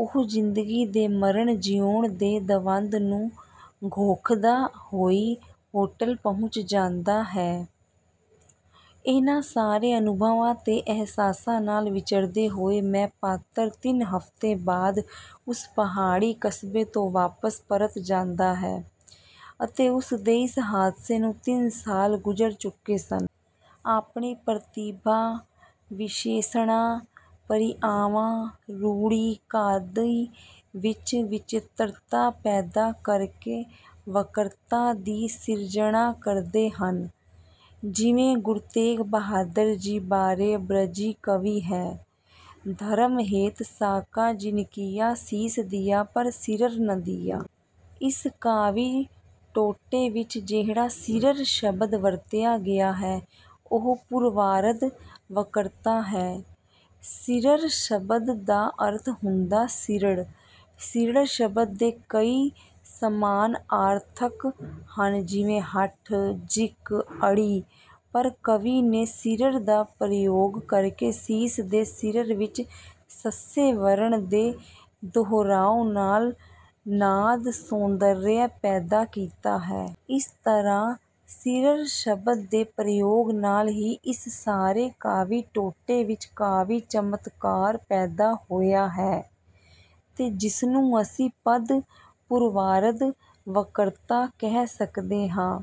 ਓਹ ਜ਼ਿੰਦਗੀ ਦੇ ਮਰਣ-ਜਿਉਣ ਦੇ ਦਵੰਦ ਨੂੰ ਘੋਖਦਾ ਹੋਈ ਹੋਟਲ ਪਹੁੰਚ ਜਾਂਦਾ ਹੈ। ਇਹਨਾਂ ਸਾਰੇ ਅਨੁਭਵਾਂ ਤੇ ਅਹਿਸਾਸਾਂ ਨਾਲ ਵਿਚਰਦੇ ਹੋਏ "ਮੈਂ" ਪਾਤਰ ਤਿੰਨ ਹਫ਼ਤੇ ਬਾਅਦ ਉਸ ਪਹਾੜੀ ਕਸਬੇ ਤੋਂ ਵਾਪਿਸ ਪਰਤ ਜਾਂਦਾ ਹੈ ਅਤੇ ਉਸ ਦੇ ਇਸ ਹਾਦਸੇ ਨੂੰ ਤਿੰਨ ਸਾਲ ਗੁਜਰ ਚੁਕੇ ਸਨ। ਆਪਣੀ ਪ੍ਰਤਿਭਾ ਵਿਸ਼ੇਸਣਾ, ਪਰਿਆਵਾਂ, ਰੂੜੀ ਕਾਦਿ ਵਿੱਚ ਵਿਚਿਤ੍ਰਤਾ ਪੈਦਾ ਕਰਕੇ ਵਕ੍ਰਤਾ ਦੀ ਸਿਰਜਣਾ ਕਰਦੇ ਹਨ। ਜਿਵੇਂ ਗੁਰੂ ਤੇਗ ਬਹਾਦਰ ਜੀ ਬਾਰੇ ਬ੍ਰਜੀ ਕਵੀ ਹੈ- 'ਧਰਮ ਹੇਤ ਸਾਕਾ ਜਿਨਿ ਕੀਆ ਸੀਸ ਦੀਆ ਪਰ ਸਿਰਰ ਨਾ ਦੀਆ'। ਇਸ ਕਾਵਿ ਟੋਟੇ ਵਿੱਚ ਜਿਹੜਾ 'ਸਿਰਰ' ਸ਼ਬਦ ਵਰਤਿਆ ਗਿਆ ਹੈ ਉਹ ਪੂਰਵਾਰਧ ਵਕ੍ਰਤਾ ਹੈ। 'ਸਿਰਰ ' ਸ਼ਬਦ ਦਾ ਅਰਥ ਹੁੰਦਾ ਸਿਰੜ, ਸਿਰੜ ਸ਼ਬਦ ਦੇ ਕਈ ਸਮਾਨਆਰਥਕ ਹਨ ਜਿਵੇਂ ਹਠ, ਜ਼ਿਕ, ਅੜੀ। ਪਰ ਕਵੀ ਨੇ ਸਿਰਰ ਦਾ ਪ੍ਰਯੋਗ ਕਰਕੇ ਸੀਸ ਤੇ ਸਿਰਰ ਵਿੱਚ ਸੱਸੇ ਵਰਣ ਦੇ ਦੁਹਰਾਉ ਨਾਲ ਨਾਦ-ਸੌਂਦਰਯ ਪੈਦਾ ਕੀਤਾ ਹੈ। ਇਸ ਤਰ੍ਹਾਂ 'ਸਿਰਰ' ਸ਼ਬਦ ਦੇ ਪ੍ਰਯੋਗ ਨਾਲ ਹੀ ਇਸ ਸਾਰੇ ਕਾਵੀ ਟੋਟੇ ਵਿੱਚ ਕਾਵਿ ਚਮਤਕਾਰ ਪੈਦਾ ਹੋਇਆ ਹੈ ਤੇ ਜਿਸਨੂੰ ਅਸੀਂ ਪਦ ਪੂਰਵਾਰਧ ਵਕ੍ਰਤਾ ਕਹਿ ਸਕਦੇ ਹਾਂ।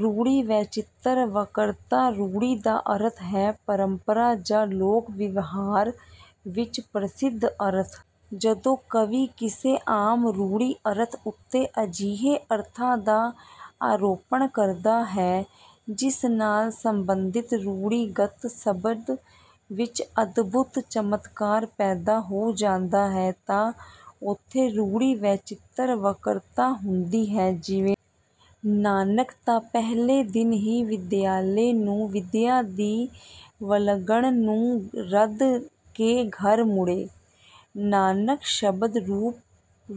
ਰੂੜੀ ਵੈਚਿਤ੍ਰ ਵਕ੍ਰਤਾ ਰੂੜੀ ਦਾ ਅਰਥ ਹੈ ਪਰੰਪਰਾ ਜਾਂ 'ਲੋਕ-ਵਿਵਹਾਰ' ਵਿੱਚ ਪ੍ਰਸਿੱਧ ਅਰਥ। ਜਦੋਂ ਕਵੀ ਕਿਸੇ ਆਮ ਰੂੜੀ ਅਰਥ ਉੱਤੇ ਅਜਿਹੇ ਅਰਥਾਂ ਦਾ ਆਰੋਪਣ ਕਰਦਾ ਹੈ, ਜਿਸ ਨਾਲ ਸੰਬੰਧਿਤ ਰੂੜੀਗਤ ਸ਼ਬਦ ਵਿੱਚ ਅਦਭੂਤ ਚਮਤਕਾਰ ਪੈਦਾ ਹੋ ਜਾਂਦਾ ਹੈ ਤਾਂ ਉੱਥੇ ਰੂੜੀ ਵੈਚਿਤ੍ਰ ਵਕ੍ਰਤਾ ਹੁੰਦੀ ਹੈ ਜਿਵੇਂ- "ਨਾਨਕ ਤਾਂ ਪਹਿਲੇ ਦਿਨ ਹੀ ਵਿਦਿਆਲੇ ਨੂੰ ਵਿਦਿਆ ਦੀ ਵਲਗਣ ਨੂੰ ਰੱਦ ਕੇ ਘਰ ਮੁੜੇ" 'ਨਾਨਕ' ਸ਼ਬਦ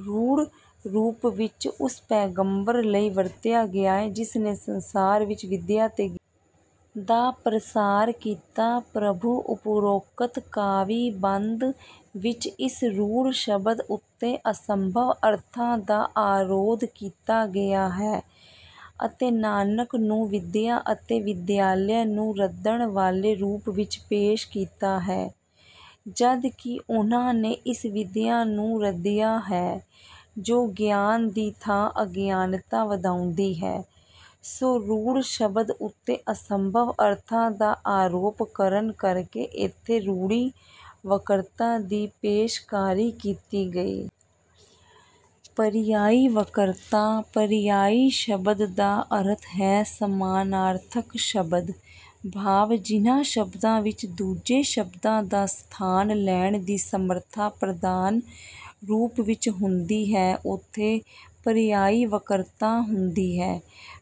ਰੂੜ ਰੂਪ ਵਿੱਚ ਉਸ ਪੈਗੰਬਰ ਲਈ ਵਰਤਿਆ ਗਿਆ ਹੈ ਜਿਸ ਨੇ ਸੰਸਾਰ ਵਿੱਚ ਵਿਦਿਆ ਤੇ-- ਦਾ ਪ੍ਰਸਾਰ ਕੀਤਾ ਪ੍ਰਭੂ ਉਪਰੋਕਤ ਕਾਵਿ-ਬੰਦ ਵਿੱਚ ਇਸ ਰੂੜ ਸ਼ਬਦ ਉੱਤੇ ਅਸੰਭਵ-ਅਰਥਾਂ ਦਾ ਆਰੋਧ ਕੀਤਾ ਗਿਆ ਹੈ ਅਤੇ 'ਨਾਨਕ' ਨੂੰ ਵਿਦਿਆ ਅਤੇ ਵਿਦਿਆਲੇ ਨੂੰ ਰੱਦਣ ਵਾਲੇ ਰੂਪ ਵਿੱਚ ਪੇਸ਼ ਕੀਤਾ ਹੈ ਜਦ ਕਿ ਉਹਨਾਂ ਨੇ ਇਸ ਵਿਦਿਆ ਨੂੰ ਰੱਦਿਆ ਹੈ ਜੋ ਗਿਆਨ ਦੀ ਥਾਂ ਅਗਿਆਨਤਾ ਵਧਾਉਂਦੀ ਹੈ, ਸੋ ਰੂੜ ਸ਼ਬਦ ਉੱਤੇ ਅਸੰਭਵ ਅਰਥਾਂ ਦਾ ਆਰੋਪ ਕਰਨ ਕਰਕੇ ਇੱਥੇ ਰੂੜੀ ਵਕ੍ਰਤਾ ਦੀ ਪੇਸ਼ਕਾਰੀ ਕੀਤੀ ਗਈ। ਪਰਿਆਇ ਵਕ੍ਰਤਾ ਪਰਿਆਇ ਸ਼ਬਦ ਦਾ ਅਰਥ ਹੈ 'ਸਮਾਨਾਰਥਕ ਸ਼ਬਦ' ਭਾਵ ਜਿਨ੍ਹਾਂ ਸ਼ਬਦਾਂ ਵਿੱਚ ਦੂਜੇ ਸ਼ਬਦਾਂ ਦਾ ਸਥਾਨ ਲੈਣ ਦੀ ਸਮਰਥਾ ਪ੍ਰਧਾਨ ਰੂਪ ਵਿੱਚ ਹੁੰਦੀ ਹੈ, ਉੱਥੇ ਪਰਿਆਇ ਵਕ੍ਰਤਾ ਹੁੰਦੀ ਹੈ।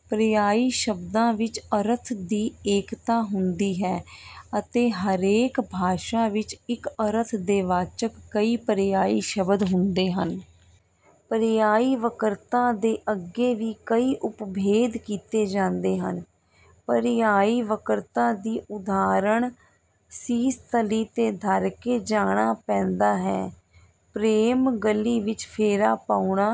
ਪਰਿਆਇ ਸ਼ਬਦਾਂ ਵਿੱਚ ਅਰਥ ਦੀ ਏਕਤਾ ਹੁੰਦੀ ਹੈ ਅਤੇ ਹਰੇਕ ਭਾਸ਼ਾ ਵਿੱਚ ਇਕ ਅਰਥ ਦੇ ਵਾਚਕ ਕਈ ਪਰਿਆਇ ਸ਼ਬਦ ਹੁੰਦੇ ਹਨ। ਪਰਿਆਇ ਵਕ੍ਰਤਾ ਦੇ ਅੱਗੇ ਵੀ ਕਈ ਉਪਭੇਦ ਕੀਤੇ ਜਾਂਦੇ ਹਨ। ਪਰਿਆਇ ਵਕ੍ਰਤਾ ਦੀ ਉਦਾਹਰਣ- "ਸੀਸ ਤਲੀ ਤੇ ਧਰਕੇ ਜਾਣਾ ਪੈਂਦਾ ਹੈ, ਪ੍ਰੇਮ ਗਲੀ ਵਿੱਚ ਫੇਰਾ ਪਾਉਣਾ"